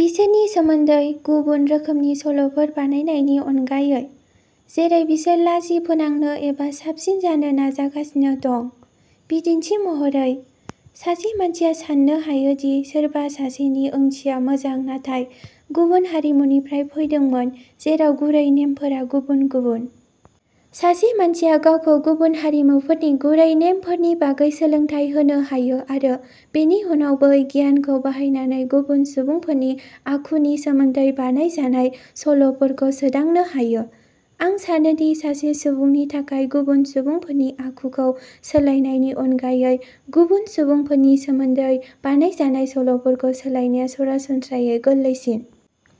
बिसोरनि सोमोन्दै गुबुन रोखोमनि सल'फोर बानायनायनि अनगायै, जेरै बिसोर लाजि फोनांनो एबा साबसिन जानो नाजागासिनो दं। बिदिन्थि महरै, सासे मानसिया साननो हायो दि सोरबा सासेनि ओंथिया मोजां नाथाय गुबुन हारिमुनिफ्राय फैदोंमोन जेराव गुरै नेमफोरा गुबुन गुबुन। सासे मानसिया गावखौ गुबुन हारिमुफोरनि गुरै नेमफोरनि बागै सोलोंथाय होनो हायो आरो बेनि उनाव बै गियानखौ बाहायनानै गुबुन सुबुंफोरनि आखुनि सोमोन्दै बानायजानाय सल'फोरखौ सोदांनो हायो। आं सानो दि सासे सुबुंनि थाखाय गुबुन सुबुंफोरनि आखुखौ सोलायनायनि अनगायै गुबुन सुबुंफोरनि सोमोन्दै बानायजानाय सल'फोरखौ सोलायनाया सरासनस्रायै गोरलैसिन।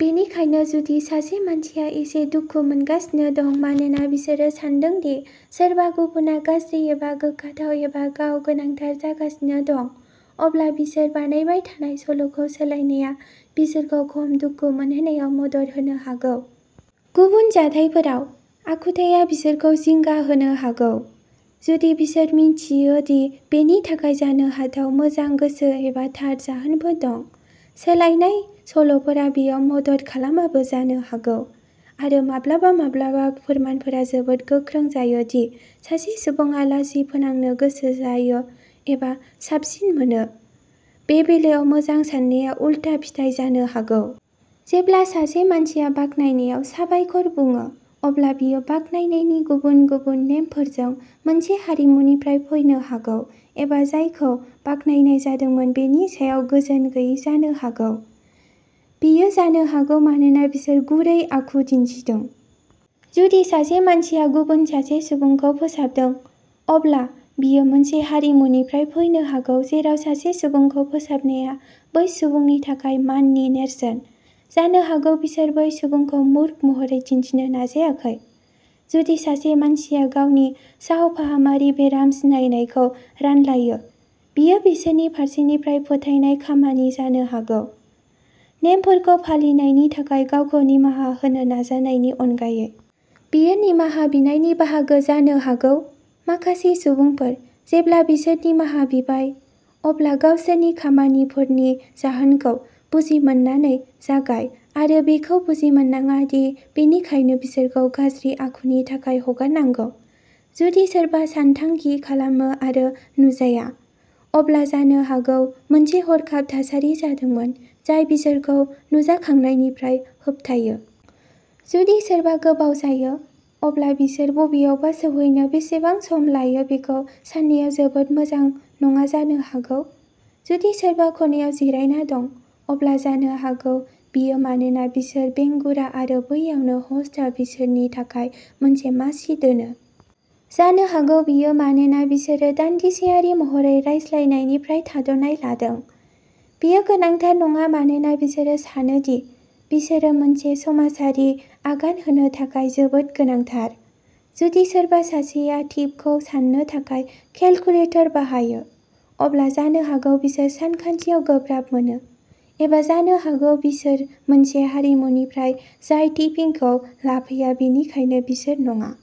बेनिखायनो जुदि सासे मानसिया एसे दुखु मोनगासिनो दं मानोना बिसोरो सान्दों दि सोरबा गुबुनआ गाज्रि एबा गोग्गाथाव एबा गाव गोनांथार जागासिनो दं, अब्ला बिसोर बानायबाय थानाय सल'खौ सोलायनाया बिसोरखौ खम दुखु मोनहोनायाव मदद होनो हागौ। गुबुन जाथायफोराव, आखुथाया बिसोरखौ जिंगा होनो हागौ, जुदि बिसोर मिथियो दि बेनि थाखाय जानो हाथाव मोजां गोसो एबा थार जाहोनफोर दं। सोलायनाय सल'फोरा बेयाव मदद खालामाबो जानो हागौ। आरो माब्लाबा माब्लाबा फोरमानफोरा जोबोद गोख्रों जायो दि सासे सुबुङा लाजि फोनांनो गोसो जायो एबा साबसिन मोनो, बे बेलायाव मोजां सान्नाया उलथा फिथाय जानो हागौ। जेब्ला सासे मानसिया बाख्नायनायाव "साबायखर" बुङा, अब्ला बियो बाख्नायनायनि गुबुन गुबुन नेमफोरजों मोनसे हारिमुनिफ्राय फैनो हागौ एबा जायखौ बाख्नायनाय जादोंमोन बेनि सायाव गोजोन गैयै जानो हागौ। बेयो जानो हागौ मानोना बिसोर गुरै आखु दिन्थिदों। जुदि सासे मानसिया गुबुन सासे सुबुंखौ फोसाबदों, अब्ला बियो मोनसे हारिमुनिफ्राय फैनो हागौ जेराव सासे सुबुंखौ फोसाबनाया बै सुबुंनि थाखाय माननि नेरसोन। जानो हागौ बिसोर बै सुबुंखौ मूर्ख महरै दिन्थिनो नाजायाखै। जुदि सासे मानसिया गावनि सावफाहामारि बेराम सिनायनायखौ रानलायो, बेयो बिसोरनि फारसेनिफ्राय फोथायनायनि खामानि जानो हागौ, नेमफोरखौ फालिनायनि थाखाय गावखौ निमाहा होनो नाजानायनि अनगायै। बेयो निमाहा बिनायनि बाहागो जानो हागौ। माखासे सुबुंफोर, जेब्ला बिसोर निमाहा बिबाय, अब्ला गावसोरनि खामानिफोरनि जाहोनखौ बुजिमोननानै जागाय, आरो बेखौ बुजिमोननाङा दि बेनिखायनो बिसोरखौ गाज्रि आखुनि थाखाय हगारनांगौ। जुदि सोरबा सानथांखि खालामो आरो नुजाया, अब्ला जानो हागौ मोनसे हरखाब थासारि जादोंमोन जाय बिसोरखौ नुजाखांनायनिफ्राय होबथायो। जुदि सोरबा गोबाव जायो, अब्ला बिसोर बबेयावबा सौहैनो बेसेबां सम लायो बेखौ सान्नायाव जोबोद मोजां नङा जानो हागौ। जुदि सोरबा खनायाव जिरायना दं, अब्ला जानो हागौ बेयो मानोना बिसोर बेंगुरा आरो बैयावनो ह'स्टआ बिसोरनि थाखाय मोनसे मासि दोनो। जानो हागौ बेयो मानोना बिसोरो दानदिसेयारि महरै रायज्लायनायनिफ्राय थाद'नाय लादों। बेयो गोनांथार नङा मानोना बिसोरो सानो दि बिसोरो मोनसे समाजारि आगान होनो थाखाय जोबोद गोनांथार। जुदि सोरबा सासेया टिपखौ साननो थाखाय केलकुलेटर बाहायो, अब्ला जानो हागौ बिसोर सानखान्थियाव गोब्राब मोनो, एबा जानो हागौ बिसोर मोनसे हारिमुनिफ्राय जाय टिपिंखौ लाफाया, बेनिखायनो बिसोर नङा।